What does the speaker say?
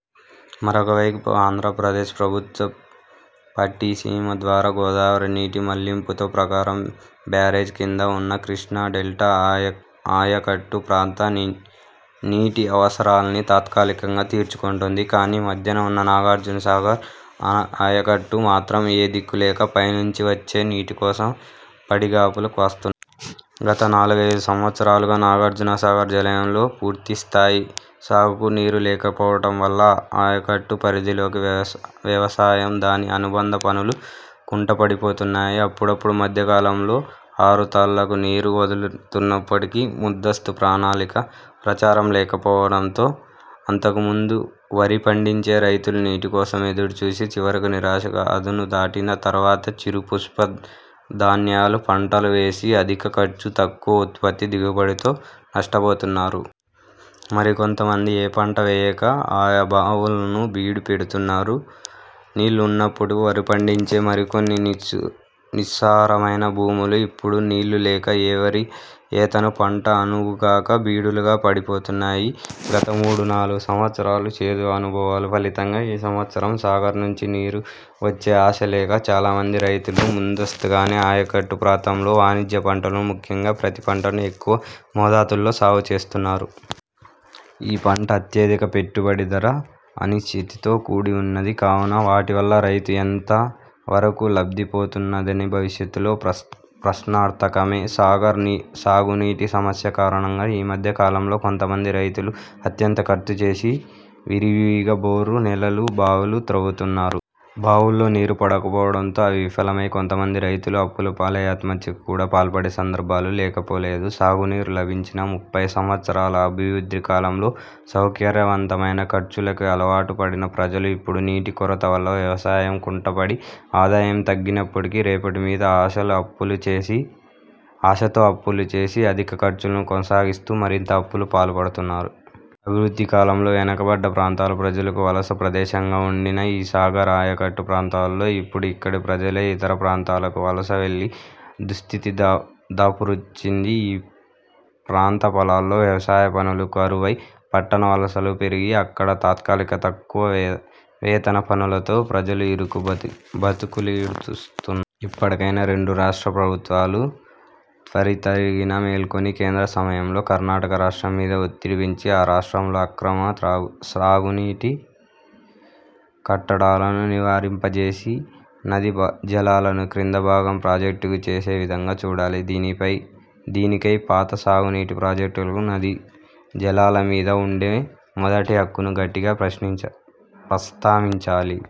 మరొకవైపు ఆంధ్ర ప్రదేశ్ ప్రభుత్వం పట్టిసీమ ద్వారా గోదావరి నీటి మళ్లింపుతో ప్రకాశం బ్యారేజ్ క్రింద ఉన్న కృష్ణా డెల్టా ఆయకట్టు ప్రాంత నీటి అవసరాల్ని తాత్కాలికంగా తీర్చుకొంటోంది. కానీ మధ్యన ఉన్న నాగార్జున సాగర్ ఆయకట్టు మాత్రం ఏ దిక్కులేక పైనుంచి వచ్చే నీటికోసం పడిగాపులు కాస్తు గత నాలుగైదు సంవత్సరాలుగా నాగార్జున సాగర్ జలాశయంలో పూర్తిస్థాయి సాగుకు నీరు లేకపోవటంవల్ల ఆయకట్టు పరిధిలోని వ్యవసాయం దాని అనుబంధ పనులు కుంటుపడిపోతున్నాయి. అప్పుడప్పుడు మధ్యకాలంలో ఆరుతళ్ళుకు నీరు వదులుతున్నప్పటికి ముందస్తు ప్రణాళిక, ప్రచారం లేకపోవటంతో, అంతకుముందు వరి పండించే రైతులు నీటి కోసం ఎదురుచూసి, చివరికి నిరాశతో అదును దాటిన తర్వాత చిరు, పప్పు ధాన్యాల పంటలు వేసి అధిక ఖర్చు, తక్కువ ఉత్పత్తి దిగుబడులతో నష్టపోతున్నారు. మరికొంతమంది ఏ పంట వేయక ఆయా భూములును బీడు పెడుతున్నారు. నీళ్ళు ఉన్నపుడు వరి పండించే మరికొన్ని నిస్సారమైన భూములు, ఇప్పుడు నీళ్ళు లేక ఏ వరి యేతర పంటలకు అనువుగాక బీడులుగా పడివున్నాయి. గత మూడు నాలుగు సంవత్సరాల చేదు అనుభవాల ఫలితంగా, ఈ సంవత్సరం సాగర్ నుంచి సాగు నీరు వచ్చే ఆశ లేక, చాలామంది రైతులు ముందస్తుగానే ఆయకట్టు ప్రాంతంలో వాణిజ్య పంటలను ముఖ్యంగా ప్రత్తి పంటను ఎక్కువ మోతాదుల్లో సాగు చేస్తున్నారు. ఈ పంట అత్యధిక పెట్టుబడి, ధర అనిశ్చితితో కూడివున్నది కావున, వాటి వల్ల రైతు ఎంత వరకు లబ్ధిపొందుతారన్నది భవిష్యత్తులో ప్రశ్నార్థకమే. సాగర్ సాగునీటి సమస్య కారణంగా ఈ మధ్య కాలంలో కొంతమంది రైతులు అత్యంత ఖర్చు చేసి విరివిగా బోరు, నేల బావులు త్రవ్వుతున్నారు. బావుల్లో నీరు పడకపోవడంతో, అవి విఫలమై, కొంతమంది రైతులు అప్పులపాలై ఆత్మహత్యకి కూడా పాల్పడే సందర్భాలు లేకపోలేదు. సాగునీరు లభించిన ముప్పై సంవత్సరాల అభివృద్ధి కాలంలో సౌకర్యవంతమైన ఖర్చులకి అలవాటుపడిన ప్రజలు, ఇప్పుడు నీటి కొరతవల్ల వ్యవసాయం కుంటుపడి, ఆదాయం తగ్గినప్పటికీ, రేపటి మీద ఆశతో అప్పులు చేసి అధిక ఖర్చులను కొనసాగిస్తూ, మరింత అప్పుల పాల్పడుతున్నారు అభివృద్ధి కాలంలో, వెనుకబడ్డ ప్రాంతాల ప్రజలకు వలస ప్రదేశంగా వుండిన ఈ సాగర్ ఆయకట్టు ప్రాంతాలలో, ఇప్పుడు ఇక్కడి ప్రజలే ఇతర ప్రాంతాలకు వలస వెళ్ళే దుస్థితి దాపురించింది. ఈ ప్రాంత పల్లెల్లో వ్యవసాయ పనులు కరువై పట్టణ వలసలు పెరిగి అక్కడ తాత్కాలిక, తక్కువ వేతన పనులతో ప్రజలు ఇరుకు బ్రతుకులీడుస్తు ఇప్పటికైనా, రెండు రాష్ట్ర ప్రభుత్వాలు త్వరితగి న మేల్కొని, కేంద్రం సహాయంతో కర్ణాటక రాష్ట్రం మీది ఒత్తిడి పెంచి, ఆ రాష్ట్రం అక్రమ సాగునీటి కట్టడాలను నివారింపజేసి నదీ జలాలను క్రింది భాగం ప్రాజెక్టులకు చేరే విధంగా చూడాలి. దీనికై పాత సాగు నీటి ప్రాజెక్టులకు నదీ జలాల మీద ఉండే మొదటి హక్కును గట్టిగా ప్రస్తావించాలి.